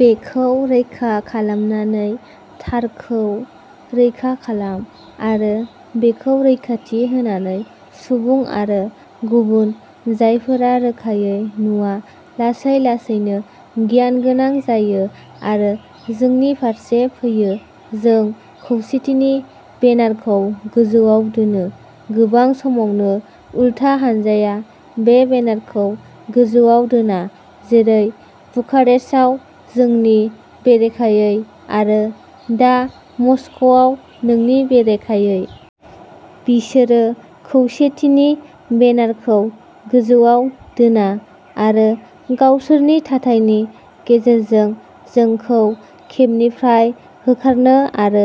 बेखौ रैखा खालामनानै थारखौ रैखा खालाम आरो बेखौ रैखाथि होनानै सुबुं आरो गुबुन जायफोरा रोखायै नुवा, लासै लासैनो गियानगोनां जायो आरो जोंनि फारसे फैयो। जों खौसेथिनि बेनारखौ गोजौआव दोनो। गोबां समावनो उल्था हानजाया बे बेनारखौ गोजौआव दोना, जेरै बुखारेस्टआव जोंनि बेरेखायै आरो दा मस्क'आव नोंनि बेरेखायै। बिसोरो खौसेथिनि बेनारखौ गोजौआव दोना आरो गावसोरनि थाथायनि गेजेरजों जोंखौ केम्पनिफ्राय होखारनो आरो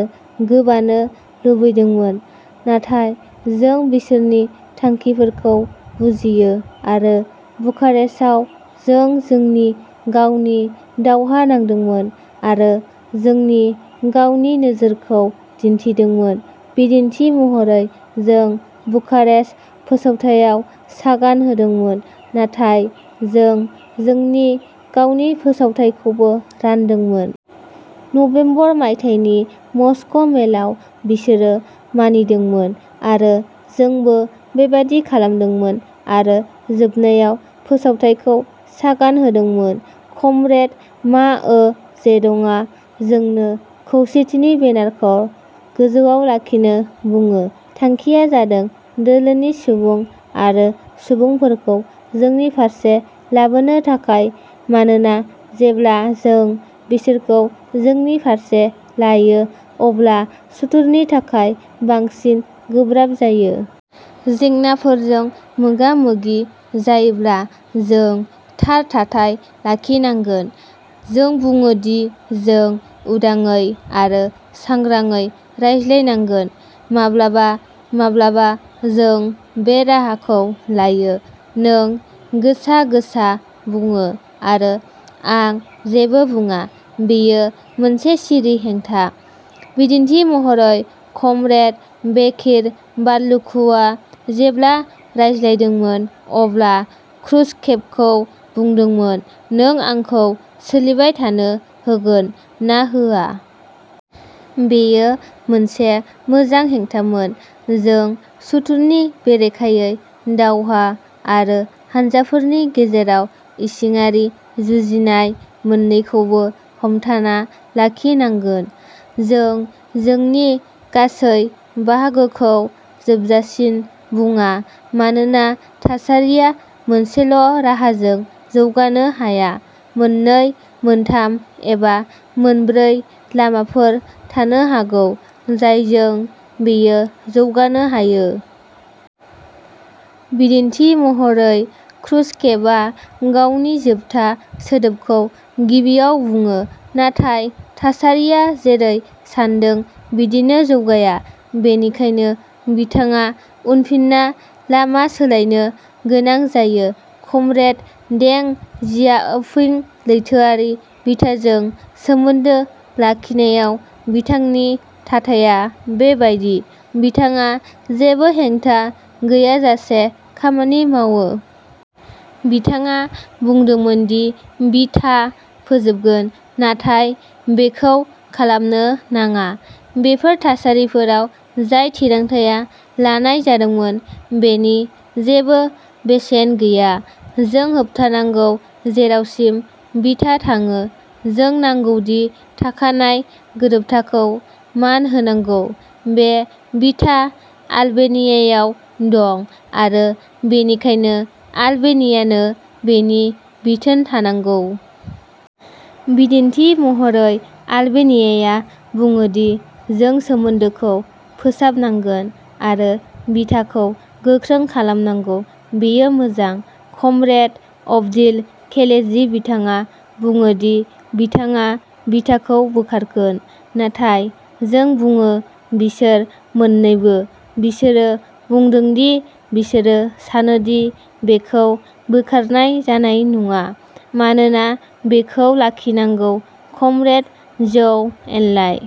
गोबानो लुबैदोंमोन। नाथाय जों बिसोरनि थांखिफोरखौ बुजियो आरो बुखारेस्टआव जों जोंनि गावनि दावहा नांदोंमोन आरो जोंनि गावनि नोजोरखौ दिन्थिदोंमोन। बिदिन्थि महरै, जों बुखारेस्ट फोसावथायाव सागान होदोंमोन, नाथाय जों जोंनि गावनि फोसावथाइखौबो रानदोंमोन। नबेम्बर मायथाइनि मस्क'मेलाव, बिसोरो मानिदोंमोन आरो जोंबो बेबादि खालामदोंमोन आरो जोबनायाव, फोसावथाइखौ सागान होदोंमोन। कमरेड माओ जेडंआ जोंनो खौसेथिनि बेनारखौ गोजौआव लाखिनो बुङो। थांखिया जादों दोलोनि सुबुं आरो सुबुंफोरखौ जोंनि फारसे लाबोनो थाखाय, मानोना जेब्ला जों बिसोरखौ जोंनि फारसे लायो, अब्ला सुथुरनि थाखाय बांसिन गोब्राब जायो। जेंनाफोरजों मोगा-मोगि जायोब्ला जों थार थाथाय लाखिनांगोन। जों बुङो दि जों उदाङै आरो सांग्राङै रायज्लायनांगोन। माब्लाबा माब्लाबा जों बे राहाखौ लायोः नों गोसा-गोसा बुङो, आरो आं जेबो बुंया। बेयो मोनसे सिरि हेंथा। बिदिन्थि महरै, कमरेड बेकिर बाल्लुकुआ जेब्ला रायज्लायदोंमोन, अब्ला क्रुश्चेभखौ बुंदोंमोन, "नों आंखौ सोलिबाय थानो होगोन ना होआ?" बेयो मोनसे मोजां हेंथामोन। जों सुथुरनि बेरेखायै दावहा आरो हानजाफोरनि गेजेराव इसिङारि जुजिनाय मोन्नैखौबो हमथाना लाखिनांगोन। जों जोंनि गासै बाहागोखौ जोबजासिम बुंया, मानोना थासारिया मोनसेल'राहाजों जौगानो हाया। मोननै, मोनथाम, एबा मोनब्रै लामाफोर थानो हागौ जायजों बेयो जौगानो हायो। बिदिन्थि महरै, क्रुश्चेभआ गावनि जोबथा सोदोबखौ गिबियाव बुङो, नाथाय थासारिया जेरै सान्दों बिदिनो जौगाया, बेनिखायनो बिथाङा उनफिनना लामा सोलायनो गोनां जायो। कमरेड दें जियाओपिंः लैथोआरि बिथाजों सोमोन्दो लाखिनायाव बिथांनि थाथाया बेबायदि। बिथाङा जेबो हेंथा गैयाजासे खामानि मावो। बिथाङा बुंदोंमोन दि बिथा फोजोबगोन, नाथाय बेखौ खालामनो नाङा। बेफोर थासारिफोराव जाय थिरांथाया लानाय जादोंमोन, बेनि जेबो बेसेन गैया। जों होबथानांगौ। जेरावसिम बिथा थाङो, जों नांगौ दि थाखानाय गोरोबथाखौ मान होनांगौ। बे बिथा आलबेनियायाव दं, आरो बेनिखायनो आलबेनियानो बेनि बिथोन थानांगौ। बिदिन्थि महरै आलबेनियाया बुङो दि जों सोमोन्दोखौ फोसाबनांगोन आरो बिथाखौ गोख्रों खालामनांगौ। बेयो मोजां। कमरेड अब्दिल केलेजी, बिथाङा बुङो दि बिथाङा बिथाखौ बोखारगोन, नाथाय जों बुङो। बिसोर मोन्नैबो बिसोरो बुंदों दि बिसोरो सानो दि बेखौ बोखारनाय जानाय नङा, मानोना बेखौ लाखिनांगौ। कमरेड झौ एनलाइ।